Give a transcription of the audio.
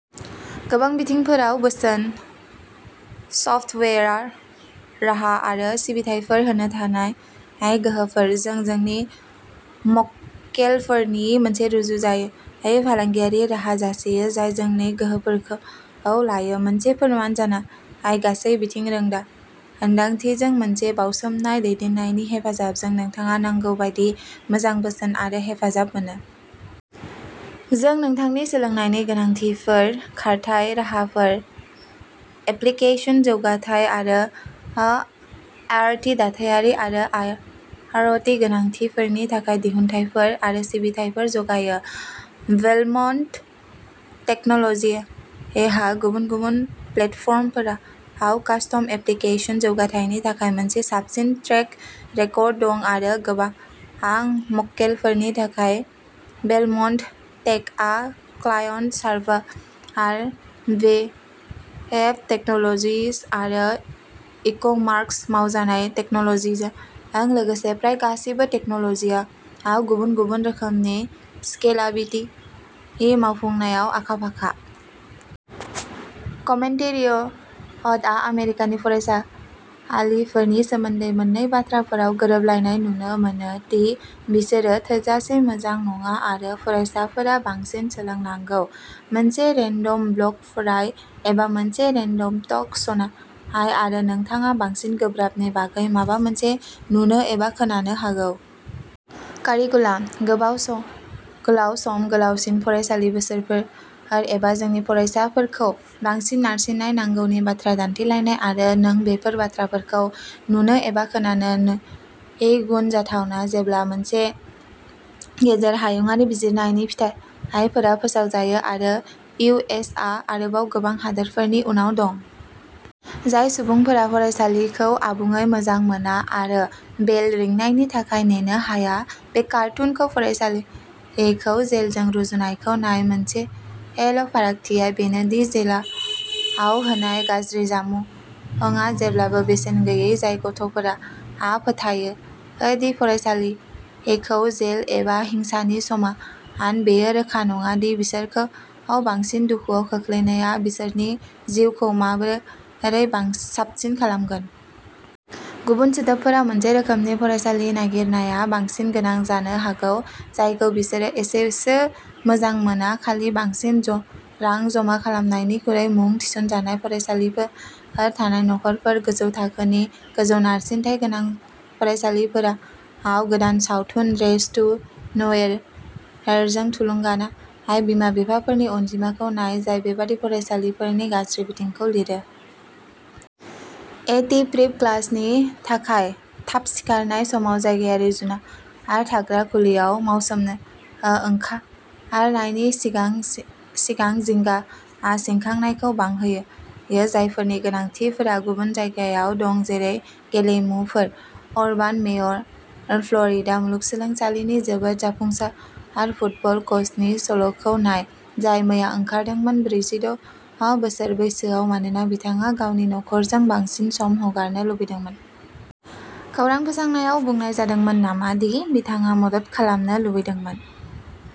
गोबां बिथिंफोराव बोसोन, सफ्टवेयार राहा आरो सिबिथायफोर होनो हानाय गोहोफोर। जों जोंनि मक्केलफोरनो मोनसे रुजुजायै फालांगियारि राहा जासियो जाय जोंनि गोहोफोरखौ लायो। मोनसे फोरमान जानाय गासै बिथिं रोंमोन्दांथिजों मोनसे बाउसोमनाय दैदेननायनि हेफाजाबजों, नोंथाङा नांगौ बायदि मोजां बोसोन आरो हेफाजाब मोनो। जों नोंथांनि सोलोंनायनि गोनांथिफोर, खारथाइ राहाफोर, एप्लिकेसन जौगाथाय आरो आईटी दाथायारि आरो आईअ'टी गोनांथिफोरनि थाखाय दिहुनथायफोर आरो सिबिथाइफोर जगायो। बेलमन्ट टेक्न'ल'जिजहा गुबुन-गुबुन प्लेटफर्मफोराव कास्टम एप्लिकेशन जौगाथायनि थाखाय मोनसे साबसिन ट्रेक रेकर्ड दं आरो गोबां मक्केलफोरनि थाखाय बेलमन्ट टेकआ क्लायन्ट सार्भार, वेब टेक्न'ल'जिज आरो इकमार्स मावजानाय टेक्न'ल'जिजजों लोगोसे प्राय गासिबो टेक्न'ल'जिजआव गुबुन-गुबुन रोखोमनि स्केलाबिलिटि मावफुंनायाव आखा-फाखा। कमेन्टेरियेटआ आमेरिकानि फरायसालिफोरनि सोमोन्दै मोननै बाथ्राफोराव गोरोबलायनाय नुनो मोनो दि बिसोरो थोजासे मोजां नङा आरो फरायसाफोरा बांसिन सोलोंनांगौ। मोनसे रेन्डम ब्लग फराय एबा मोनसे रेन्डम टक श'नाय आरो नोंथाङा बांसिन गोब्राबनि बागै माबा मोनसे नुनो एबा खोनानो हागौ। कारिकुलाम, गोलाव सम, गोलावसिन फरायसालि बोसोरफोर एबा जोंनि फरायसाफोरखौ बांसिन नारसिन्नाय नांगौनि बाथ्रा दान्थेलायनाय। आरो नों बेफोर बाथ्राफोरखौ नुनो एबा खोनानो नैगुन जाथावना जेब्ला मोनसे गेजेर हायुंआरि बिजिरनायनि फिथायफोरा फोसावजायो आरो इउ एस आ आरोबाव गोबां हादोरफोरनि उनाव दं। जाय सुबुंफोरा फरायसालिखौ आबुङै मोजां मोना आरो बेल रिंनायनि थाखाय नेनो हाया। बे कार्टुनखौ फरायसालिखौ जेलजों रुजुनायखौ नाय मोनसेल' फारागथिआ बेनो दि जेलाव होनाय गाज्रि जामुंआ जेब्लाबो बेसेन गैयै। जाय गथ'फोरा फोथायो दि फरायसालिखौ जेल एबा हिंसानि समान, बेयो रोखा नङा दि बिसोरखौ बांसिन दुखुआव खोख्लैनाया बिसोरनि जिउखौ माबोरै साबसिन खालामगोन। गुबुन सोदोबफोराव मोनसे रोखोमनि फरायसालि नागिरनाया बांसिन गोनां जानो हागौ जायखौ बिसोरो एसेसो मोजां मोना खालि बांसिन रां जमा खालामनायनिखुरै। मुं थिसनजानाय फरायसाफोर थानाय नखरफोर। गोजौ थाखोनि, गोजौ नारसिनथाय गोनां फरायसालिफोराव। गोदान सावथुन रेस टु न'वेयार जों थुलुंगानाय बिमा-बिफाफोरनि अनजिमाखौ नाय, जाय बेबादि फरायसालिफोरनि गाज्रि बिथिंखौ लिरो। ए टि प्रिप क्लासनि थाखाय थाब सिखारनाय समाव जायगायारि जुनार थाग्रा खुलियाव मावसोमनो ओंखारनायनि सिगां जिंगा सिखांनायखौ बांहोयो। जायफोरनि गोनांथिफोरा गुबुन जायगायाव दं जेरै गेलेमुफोर। अरबान मेयेर, फ्ल'रिडा मुलुगसोलोंसालिनि जोबोद जाफुंसार फुटबल कचनि सल'खौ नाय, जाय मैया ओंखारदोंमोन ब्रैजिद' बोसोर बैसोआव मानोना बिथाङा गावनि नखरजों बांसिन सम हगारनो लुबैदोंमोन। खौरां फोसावनायाव बुंनाय जादोंमोन नामा दि बिथाङा मदद खालामनो लुबैदोंमोन।